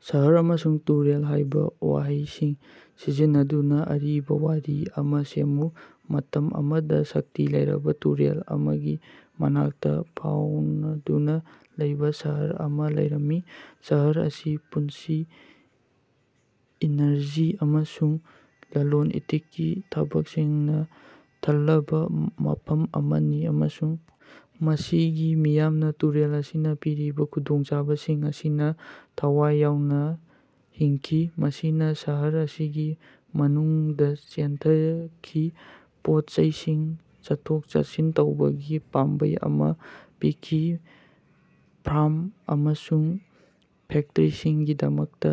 ꯁꯍꯔ' ꯑꯃꯁꯨꯡ 'ꯇꯨꯔꯦꯜ' ꯍꯥꯏꯕ ꯋꯥꯍꯩꯁꯤꯡ ꯁꯤꯖꯤꯟꯅꯗꯨꯅ ꯑꯔꯤꯕ ꯋꯥꯔꯤ ꯑꯃꯥ ꯁꯦꯝꯃꯨ꯫ ꯃꯇꯝ ꯑꯃꯥꯗ ꯁꯛꯇꯤ ꯂꯩꯔꯕ ꯇꯨꯔꯦꯜ ꯑꯃꯥꯒꯤ ꯃꯅꯥꯛꯇ ꯐꯥꯎꯅꯗꯨꯅ ꯂꯩꯕ ꯁꯍꯔ ꯑꯃꯥ ꯂꯩꯔꯝꯃꯤ꯫ ꯁꯍꯔ ꯑꯁꯤ ꯄꯨꯟꯁꯤ, ꯏꯅꯔꯖꯤ ꯑꯃꯁꯨꯡ ꯂꯂꯣꯟ-ꯏꯇꯤꯛꯀꯤ ꯊꯕꯛꯁꯤꯡꯅ ꯊꯜꯂꯕ ꯃꯐꯝ ꯑꯃꯥꯅꯤ ꯑꯃꯁꯨꯡ ꯃꯁꯤꯒꯤ ꯃꯤꯌꯥꯝꯅ ꯇꯨꯔꯦꯜ ꯑꯁꯤꯅ ꯄꯤꯔꯤꯕ ꯈꯨꯗꯣꯡꯆꯥꯕꯁꯤꯡ ꯑꯁꯤꯅ ꯊꯋꯥꯏ ꯌꯥꯎꯅ ꯍꯤꯡꯈꯤ꯫ ꯃꯁꯤꯅ ꯁꯍꯔ ꯑꯁꯤꯒꯤ ꯃꯅꯨꯡꯗ ꯆꯦꯟꯊꯈꯤ, ꯄꯣꯠ-ꯆꯩꯁꯤꯡ, ꯆꯠꯊꯣꯛ-ꯆꯠꯁꯤꯟ ꯇꯧꯕꯒꯤ ꯄꯥꯝꯕꯩ ꯑꯃꯥ ꯄꯤꯈꯤ, ꯐꯥꯔꯝ ꯑꯃꯁꯨꯡ ꯐꯦꯛꯇꯔꯤꯁꯤꯡꯒꯤꯗꯃꯛꯇꯥ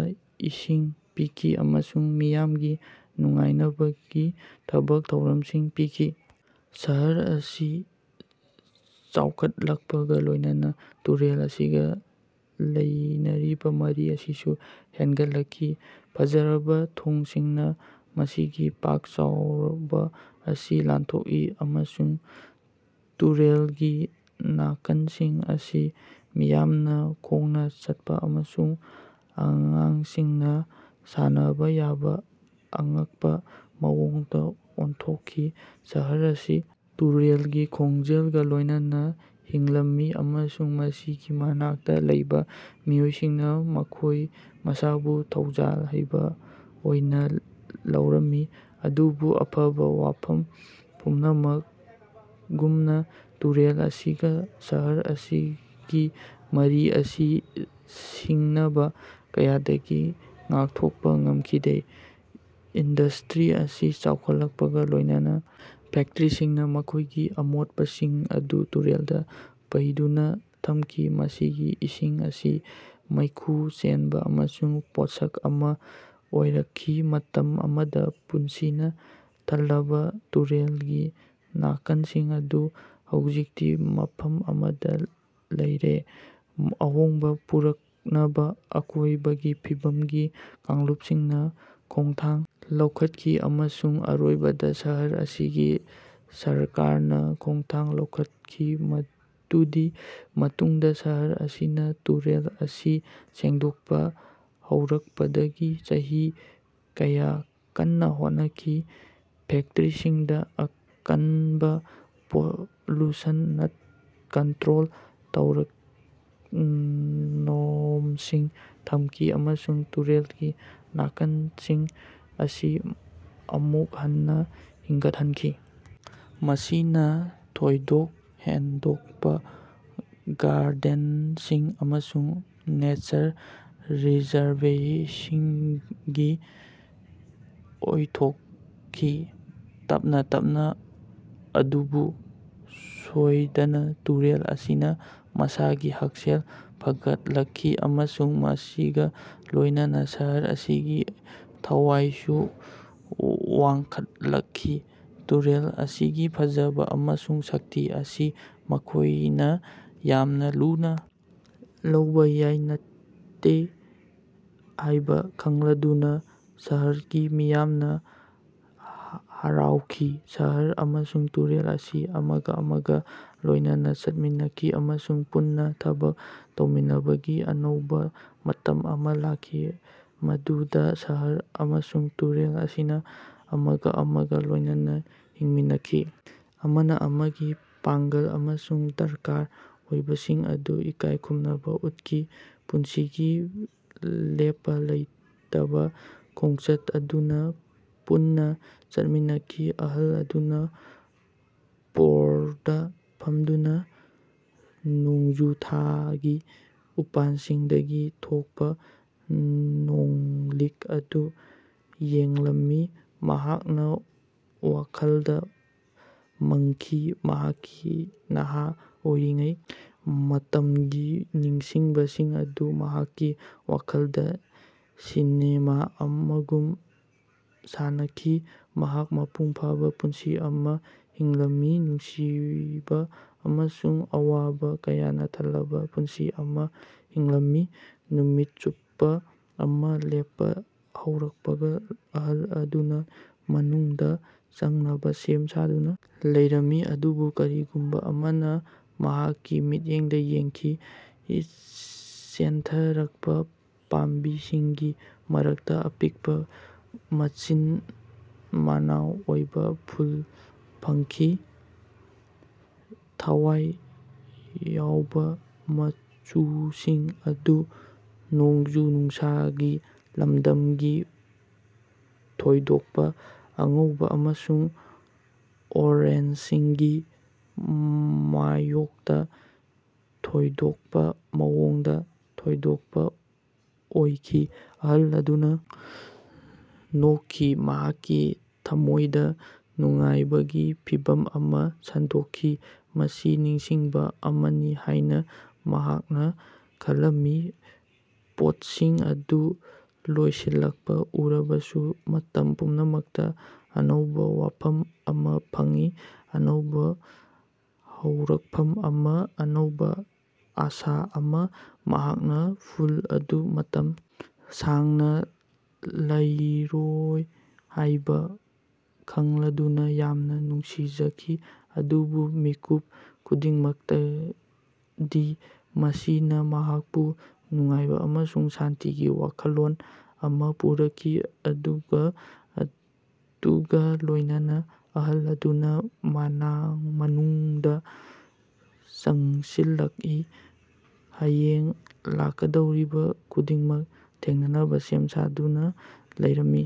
ꯏꯁꯤꯡ ꯄꯤꯈꯤ ꯑꯃꯁꯨꯡ ꯃꯤꯌꯥꯝꯒꯤ ꯅꯨꯡꯉꯥꯏꯅꯕꯒꯤ ꯊꯕꯛ ꯊꯧꯔꯝꯁꯤꯡ ꯄꯤꯈꯤ꯫ ꯁꯍꯔ ꯑꯁꯤ ꯆꯥꯎꯈꯠꯂꯛꯄꯒ ꯂꯣꯏꯅꯅꯥ ꯇꯨꯔꯦꯜ ꯑꯁꯤꯒ ꯂꯩꯅꯔꯤꯕ ꯃꯔꯤ ꯑꯁꯤꯁꯨ ꯍꯦꯟꯒꯠꯂꯛꯈꯤ꯫ ꯐꯖꯔꯕ ꯊꯣꯡꯁꯤꯡꯅ ꯃꯁꯤꯒꯤ ꯄꯥꯛ ꯆꯥꯎꯕ ꯑꯁꯤ ꯂꯥꯟꯊꯣꯛꯏ, ꯑꯃꯁꯨꯡ ꯇꯨꯔꯦꯜꯒꯤ ꯅꯥꯀꯟꯁꯤꯡ ꯑꯁꯤ ꯃꯤꯌꯥꯝꯅ ꯈꯣꯡꯅ ꯆꯠꯄ ꯑꯃꯁꯨꯡ ꯑꯉꯥꯡꯁꯤꯡꯅ ꯁꯥꯟꯅꯕ ꯌꯥꯕ ꯑꯉꯛꯄꯥ ꯃꯑꯣꯡꯗ ꯑꯣꯟꯊꯣꯛꯈꯤ꯫ ꯁꯍꯔ ꯑꯁꯤ ꯇꯨꯔꯦꯜꯒꯤ ꯈꯣꯟꯖꯦꯜꯒꯥ ꯂꯣꯏꯅꯅꯥ ꯍꯤꯡꯂꯝꯃꯤ ꯑꯃꯁꯨꯡ ꯃꯁꯤꯒꯤ ꯃꯅꯥꯛꯇ ꯂꯩꯕ ꯃꯤꯑꯣꯏꯁꯤꯡꯅ ꯃꯈꯣꯏ ꯃꯁꯥꯕꯨ ꯊꯧꯖꯥꯜ ꯍꯩꯕ ꯑꯣꯏꯅ ꯂꯧꯔꯝꯃꯤ꯫ ꯑꯗꯨꯕꯨ ꯑꯐꯕ ꯋꯥꯐꯝ ꯄꯨꯝꯅꯃꯛꯒꯨꯝꯅ ꯇꯨꯔꯦꯜ ꯑꯁꯤꯒ ꯁꯍꯔ ꯑꯁꯤꯒꯤ ꯃꯔꯤ ꯑꯁꯤ ꯁꯤꯡꯅꯕꯥ ꯀꯌꯥꯗꯒꯤ ꯉꯥꯛꯊꯣꯛꯄꯥ ꯉꯝꯈꯤꯗꯦ꯫ ꯏꯟꯗꯁꯇꯔꯤ ꯑꯁꯤ ꯆꯥꯎꯈꯠꯂꯛꯄꯒ ꯂꯣꯏꯅꯅꯥ ꯐꯦꯛꯇꯔꯤꯁꯤꯡꯅ ꯃꯈꯣꯏꯒꯤ ꯑꯃꯣꯠꯄꯁꯤꯡ ꯑꯗꯨ ꯇꯨꯔꯦꯜꯗ ꯄꯩꯗꯨꯅꯥ ꯊꯝꯈꯤ, ꯃꯁꯤꯒꯤ ꯏꯁꯤꯡ ꯑꯁꯤ ꯃꯩꯈꯨ ꯆꯦꯟꯕ ꯑꯃꯁꯨꯡ ꯄꯣꯠꯁꯛ ꯑꯃꯥ ꯑꯣꯏꯔꯛꯈꯤ꯫ ꯃꯇꯝ ꯑꯃꯗꯥ ꯄꯨꯟꯁꯤꯅꯥ ꯊꯜꯂꯕ ꯇꯨꯔꯦꯜꯒꯤ ꯅꯥꯀꯟꯁꯤꯡ ꯑꯗꯨ ꯍꯧꯖꯤꯛꯇꯤ ꯃꯐꯝ ꯑꯃꯗꯥ ꯂꯩꯔꯦ꯫ ꯑꯍꯣꯡꯕ ꯄꯨꯔꯛꯅꯕ ꯑꯀꯣꯏꯕꯒꯤ ꯐꯤꯕꯝꯒꯤ ꯀꯥꯡꯂꯨꯞꯁꯤꯡꯅ ꯈꯣꯡꯊꯥꯡ ꯂꯧꯈꯠꯈꯤ, ꯑꯃꯁꯨꯡ ꯑꯔꯣꯏꯕꯗꯥ ꯁꯍꯔ ꯑꯁꯤꯒꯤ ꯁꯔꯀꯥꯔꯅꯥ ꯈꯣꯡꯊꯥꯡ ꯂꯧꯈꯠꯈꯤ ꯃꯗꯨꯗꯤ ꯃꯇꯨꯡꯗꯥ ꯁꯍꯔ ꯑꯁꯤꯅꯥ ꯇꯨꯔꯦꯜ ꯑꯁꯤ ꯁꯦꯡꯗꯣꯛꯄꯥ ꯍꯧꯔꯛꯄꯗꯒꯤ ꯆꯍꯤ ꯀꯌꯥ ꯀꯟꯅꯥ ꯍꯣꯠꯅꯈꯤ꯫ ꯐꯦꯛꯇꯔꯤꯁꯤꯡꯗ ꯑꯀꯟꯅꯕꯥ ꯄꯣꯂꯨꯁꯟ ꯀꯟꯠꯔꯣꯜ ꯅꯣꯔꯃꯁꯤꯡ ꯊꯃꯈꯤ, ꯑꯃꯁꯨꯡ ꯇꯨꯔꯦꯜꯒꯤ ꯅꯥꯀꯟꯁꯤꯡ ꯑꯁꯤ ꯑꯃꯨꯛ ꯍꯟꯅꯥ ꯍꯤꯡꯒꯠꯍꯟꯈꯤ꯫ ꯃꯁꯤꯅꯥ ꯊꯣꯏꯗꯣꯛ ꯍꯦꯟꯗꯣꯛꯄꯥ ꯒꯥꯔꯗꯦꯅꯁꯤꯡ ꯑꯃꯁꯨꯡ ꯅꯦꯆꯔ ꯔꯤꯖꯔꯚꯔꯁꯤꯡꯗꯥ ꯑꯣꯟꯊꯣꯛꯈꯤ꯫ ꯇꯞꯅꯥ ꯇꯞꯅꯥ, ꯑꯗꯨꯕꯨ ꯁꯣꯏꯗꯅꯥ ꯇꯨꯔꯦꯜ ꯑꯁꯤꯅꯥ ꯃꯁꯥꯒꯤ ꯍꯛꯁꯦꯜ ꯐꯒꯠꯂꯛꯈꯤ, ꯑꯃꯁꯨꯡ ꯃꯁꯤꯒꯥ ꯂꯣꯏꯅꯅꯥ ꯁꯍꯔ ꯑꯁꯤꯒꯤ ꯊꯋꯥꯏꯁꯨ ꯋꯥꯡꯈꯠꯂꯛꯈꯤ꯫ ꯇꯨꯔꯦꯜ ꯑꯁꯤꯒꯤ ꯐꯖꯕ ꯑꯃꯁꯨꯡ ꯁꯛꯇꯤ ꯑꯁꯤ ꯃꯈꯣꯏꯅꯥ ꯌꯥꯝꯅ ꯂꯨꯅ ꯂꯧꯕ ꯌꯥꯏ ꯅꯠꯇꯦ ꯍꯥꯏꯕ ꯈꯪꯂꯗꯨꯅꯥ ꯁꯍꯔꯒꯤ ꯃꯤꯌꯥꯝꯅꯥ ꯍꯥꯔꯥꯎꯈꯤ꯫ ꯁꯍꯔ ꯑꯃꯁꯨꯡ ꯇꯨꯔꯦꯜ ꯑꯁꯤ ꯑꯃꯒꯥ ꯑꯃꯒꯥ ꯂꯣꯏꯅꯅꯥ ꯆꯠꯃꯤꯟꯅꯈꯤ, ꯑꯃꯁꯨꯡ ꯄꯨꯟꯅꯥ ꯊꯕꯛ ꯇꯧꯃꯤꯟꯅꯕꯒꯤ ꯑꯅꯧꯕꯥ ꯃꯇꯝ ꯑꯃꯥ ꯂꯥꯛꯈꯤ, ꯃꯗꯨꯗꯥ ꯁꯍꯔ ꯑꯃꯁꯨꯡ ꯇꯨꯔꯦꯜ ꯑꯁꯤꯅ ꯑꯃꯒꯥ ꯑꯃꯒꯥ ꯂꯣꯏꯅꯅꯥ ꯍꯤꯡꯃꯤꯟꯅꯈꯤ, ꯑꯃꯥꯅ ꯑꯃꯥꯒꯤ ꯄꯥꯡꯒ꯭ꯜ ꯑꯃꯁꯨꯡ ꯗꯔꯀꯥꯔ ꯑꯣꯏꯕꯁꯤꯡ ꯑꯗꯨ ꯏꯀꯥꯏꯈꯨꯝꯅꯕ ꯎꯠꯈꯤ, ꯄꯨꯟꯁꯤꯒꯤ ꯂꯦꯞꯄꯥ ꯂꯩꯇꯕꯥ ꯈꯣꯡꯆꯠ ꯑꯗꯨꯅꯥ ꯄꯨꯟꯅꯥ ꯆꯠꯃꯤꯟꯅꯈꯤ꯫ ꯑꯍꯜ ꯑꯗꯨꯅꯥ ꯄꯣꯔꯗꯥ ꯐꯝꯗꯨꯅꯥ ꯅꯣꯡꯖꯨ ꯊꯥꯒꯤ ꯎꯄꯥꯟꯁꯤꯡꯗꯒꯤ ꯊꯣꯛꯄꯥ ꯅꯣꯡꯂꯤꯛ ꯑꯗꯨ ꯌꯦꯡꯂꯝꯃꯤ꯫ ꯃꯍꯥꯛꯅꯥ ꯋꯥꯈꯜꯗꯥ ꯃꯪꯈꯤ, ꯃꯍꯥꯛꯀꯤ ꯅꯍꯥ ꯑꯣꯏꯔꯤꯉꯩ ꯃꯇꯝꯒꯤ ꯅꯤꯡꯁꯤꯡꯕꯁꯤꯡ ꯑꯗꯨ ꯃꯍꯥꯛꯀꯤ ꯋꯥꯈꯜꯗꯥ ꯁꯤꯅꯦꯃꯥ ꯑꯃꯒꯨꯝ ꯁꯥꯟꯅꯈꯤ꯫ ꯃꯍꯥꯛ ꯃꯄꯨꯡ ꯐꯥꯕꯥ ꯄꯨꯟꯁꯤ ꯑꯃꯥ ꯍꯤꯡꯂꯝꯃꯤ, ꯅꯨꯡꯁꯤꯕꯥ ꯑꯃꯁꯨꯡ ꯑꯋꯥꯕꯥ ꯀꯌꯥꯅꯥ ꯊꯜꯂꯕꯥ ꯄꯨꯟꯁꯤ ꯑꯃꯥ ꯍꯤꯡꯂꯝꯃꯤ꯫ ꯅꯨꯃꯤꯠ ꯆꯨꯞꯄꯥ ꯑꯃꯥ ꯂꯦꯞꯄꯥ ꯍꯧꯔꯛꯄꯒ ꯑꯍꯜ ꯑꯗꯨꯅꯥ ꯃꯅꯨꯡꯗꯥ ꯆꯪꯅꯕꯥ ꯁꯦꯝ ꯁꯥꯗꯨꯅꯥ ꯂꯩꯔꯝꯃꯤ꯫ ꯑꯗꯨꯕꯨ ꯀꯔꯤꯒꯨꯝꯕꯥ ꯑꯃꯅꯥ ꯃꯍꯥꯛꯀꯤ ꯃꯤꯠꯌꯦꯡꯗꯥ ꯌꯦꯡꯈꯤ꯫ ꯆꯦꯟꯊꯔꯛꯄꯥ ꯄꯥꯝꯕꯤꯁꯤꯡꯒꯤ ꯃꯔꯛꯇꯥ ꯑꯄꯤꯛꯄꯥ, ꯃꯆꯤꯟ-ꯃꯅꯥꯑꯣ ꯑꯣꯏꯕ ꯐꯨꯜ ꯐꯪꯈꯤ꯫ ꯊꯋꯥꯏ ꯌꯥꯑꯣꯕꯥ ꯃꯆꯨꯁꯤꯡ ꯑꯗꯨ ꯅꯣꯡꯖꯨ ꯅꯨꯡꯁꯥꯒꯤ ꯂꯝꯗꯝꯒꯤ ꯊꯣꯏꯗꯣꯛꯄꯥ ꯑꯉꯧꯕꯥ ꯑꯃꯁꯨꯡ ꯑꯣꯔꯦꯟꯖꯁꯤꯡꯒꯤ ꯃꯥꯌꯣꯛꯇꯥ ꯊꯣꯏꯗꯣꯛꯄꯥ ꯃꯑꯣꯡꯗꯥ ꯊꯣꯏꯗꯣꯛꯄꯥ ꯑꯣꯏꯈꯤ꯫ ꯑꯍꯜ ꯑꯗꯨꯅꯥ ꯅꯣꯛꯈꯤ, ꯃꯍꯥꯛꯀꯤ ꯊꯝꯃꯣꯏꯗꯥ ꯅꯨꯡꯉꯥꯏꯕꯒꯤ ꯐꯤꯚꯝ ꯑꯃꯥ ꯁꯟꯗꯣꯛꯈꯤ꯫ ꯃꯁꯤ ꯅꯤꯡꯁꯤꯡꯕꯥ ꯑꯃꯅꯤ ꯍꯥꯏꯅꯥ ꯃꯍꯥꯛꯅꯥ ꯈꯜꯂꯝꯃꯤ, ꯄꯣꯠꯁꯤꯡ ꯑꯗꯨ ꯂꯣꯏꯁꯤꯜꯂꯛꯄꯥ ꯎꯔꯕꯁꯨ ꯃꯇꯝ ꯄꯨꯝꯅꯃꯛꯇꯥ ꯑꯅꯧꯕꯥ ꯋꯥꯐꯝ ꯑꯃꯥ ꯐꯪꯏ꯫ ꯑꯅꯧꯕꯥ ꯍꯧꯔꯛꯐꯝ ꯑꯃꯥ, ꯑꯅꯧꯕꯥ ꯑꯥꯁꯥ ꯑꯃꯥ꯫ ꯃꯍꯥꯛꯅꯥ ꯐꯨꯜ ꯑꯗꯨ ꯃꯇꯝ ꯁꯥꯡꯅꯥ ꯂꯩꯔꯣꯏ ꯍꯥꯏꯕꯥ ꯈꯪꯂꯗꯨꯅꯥ ꯌꯥꯝꯅꯥ ꯅꯨꯡꯁꯤꯖꯈꯤ꯫ ꯑꯗꯨꯕꯨ ꯃꯤꯀꯨꯞ ꯑꯗꯨꯒꯤꯗꯃꯛꯇꯗꯤ ꯃꯁꯤꯅꯥ ꯃꯍꯥꯛꯄꯨ ꯅꯨꯡꯉꯥꯏꯕ ꯑꯃꯁꯨꯡ ꯁꯥꯟꯇꯤꯒꯤ ꯋꯥꯈꯜꯂꯣꯟ ꯑꯃꯥ ꯄꯨꯔꯛꯈꯤ꯫ ꯑꯗꯨꯒꯥ ꯃꯗꯨꯒꯥ ꯂꯣꯏꯅꯅꯥ ꯑꯍꯜ ꯑꯗꯨꯅꯥ ꯃꯅꯨꯡꯗꯥ ꯆꯪꯁꯤꯜꯂꯛꯏ, ꯍꯌꯦꯡ ꯂꯥꯛꯀꯗꯧꯔꯤꯕꯥ ꯈꯨꯗꯤꯡꯃꯛ ꯊꯦꯡꯅꯅꯕꯥ ꯁꯦꯝ ꯁꯥꯗꯨꯅꯥ ꯂꯩꯔꯝꯃꯤ꯫